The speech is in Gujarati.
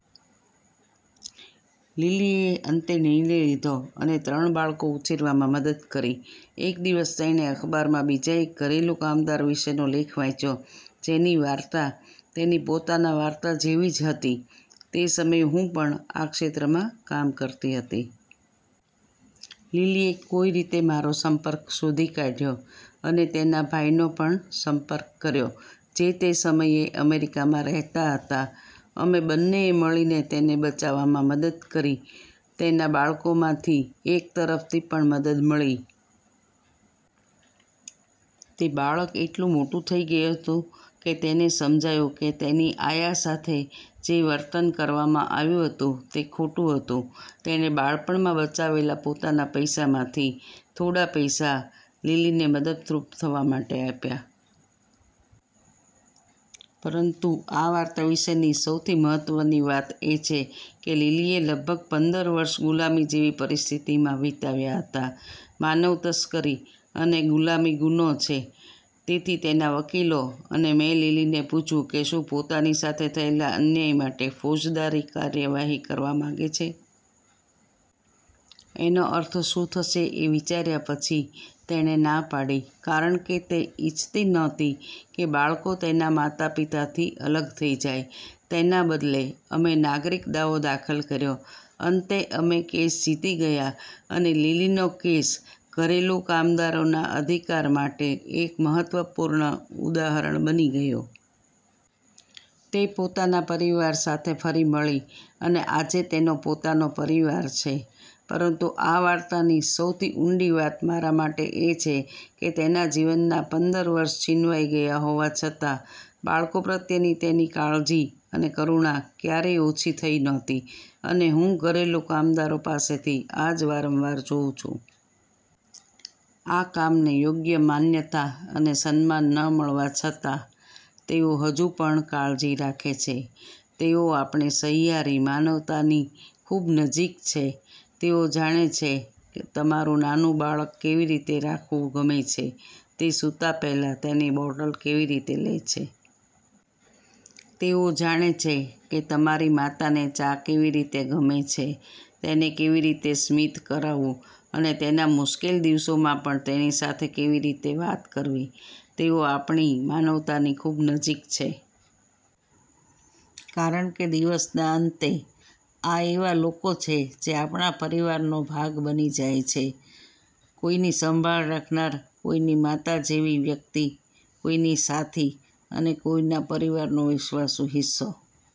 લિલીએ અંતે નિર્ણય લીધો અને ત્રણ બાળકોને ઉછેરવામાં મદદ કરી. એક દિવસ, તેણે અખબારમાં બીજા એક ઘરેલું કામદાર વિશેનો લેખ વાંચ્યો, જેની વાર્તા તેની પોતાની વાર્તા જેવી જ હતી. તે સમયે હું પણ આ ક્ષેત્રમાં કામ કરતી હતી. લિલીએ કોઈ રીતે મારો સંપર્ક શોધી કાઢ્યો અને તેના ભાઈનો પણ સંપર્ક કર્યો, જે તે સમયે અમેરિકામાં રહેતા હતા. અમે બંનેએ મળીને તેને બચાવવામાં મદદ કરી. તેને બાળકોમાંથી એક તરફથી પણ મદદ મળી. તે બાળક એટલું મોટું થઈ ગયું હતું કે તેને સમજાયું કે તેની આયા સાથે જે વર્તન કરવામાં આવ્યું હતું તે ખોટું હતું. તેણે બાળપણમાં બચાવેલા પોતાના પૈસામાંથી થોડા પૈસા લિલીને મદદરૂપ થવા માટે આપ્યા. પરંતુ આ વાર્તા વિશેની સૌથી મહત્વની વાત એ છે કે લિલીએ લગભગ પંદર વર્ષ ગુલામી જેવી પરિસ્થિતિમાં વિતાવ્યાં હતાં. માનવ તસ્કરી અને ગુલામી ગુનો છે. તેથી તેના વકીલો અને મેં લિલીને પૂછ્યું કે શું તે પોતાની સાથે થયેલા અન્યાય માટે ફોજદારી કાર્યવાહી કરવા માંગે છે. તેનો અર્થ શું થશે તે વિશે વિચાર્યા પછી તેણે ના પાડી, કારણ કે તે ઇચ્છતી નહોતી કે બાળકો તેમના માતા-પિતાથી અલગ થઈ જાય. તેના બદલે, અમે નાગરિક દાવો દાખલ કર્યો. અંતે અમે કેસ જીતી ગયા અને લિલીનો કેસ ઘરેલું કામદારોના અધિકારો માટે એક મહત્વપૂર્ણ ઉદાહરણ બની ગયો. તે પોતાના પરિવાર સાથે ફરી મળી અને આજે તેનો પોતાનો પરિવાર છે. પરંતુ આ વાર્તાની સૌથી ઊંડી વાત મારા માટે એ છે કે તેના જીવનના પંદર વર્ષ છીનવાઈ ગયા હોવા છતાં, બાળકો પ્રત્યેની તેની કાળજી અને કરુણા ક્યારેય ઓછી થઈ નહોતી, અને હું ઘરેલું કામદારો પાસેથી આ જ વારંવાર જોઉં છું. આ કામને યોગ્ય માન્યતા અને સન્માન ન મળવા છતાં, તેઓ હજુ પણ કાળજી રાખે છે. તેઓ આપણી સહિયારી માનવતાની ખૂબ નજીક છે. તેઓ જાણે છે કે તમારું નાનું બાળક કેવી રીતે રાખવું ગમે છે, તે સૂતા પહેલાં તેની બોટલ કેવી રીતે લે છે. તેઓ જાણે છે કે તમારી માતાને ચા કેવી રીતે ગમે છે, તેને કેવી રીતે સ્મિત કરાવવું અને તેના મુશ્કેલ દિવસોમાં પણ તેની સાથે કેવી રીતે વાત કરવી. તેઓ આપણી માનવતાની ખૂબ નજીક છે. કારણ કે દિવસના અંતે, આ એવા લોકો છે જે આપણા પરિવારોનો ભાગ બની જાય છે, કોઈની સંભાળ રાખનાર, કોઈની માતા જેવી વ્યક્તિ, કોઈની સાથી અને કોઈના પરિવારનો વિશ્વાસુ હિસ્સો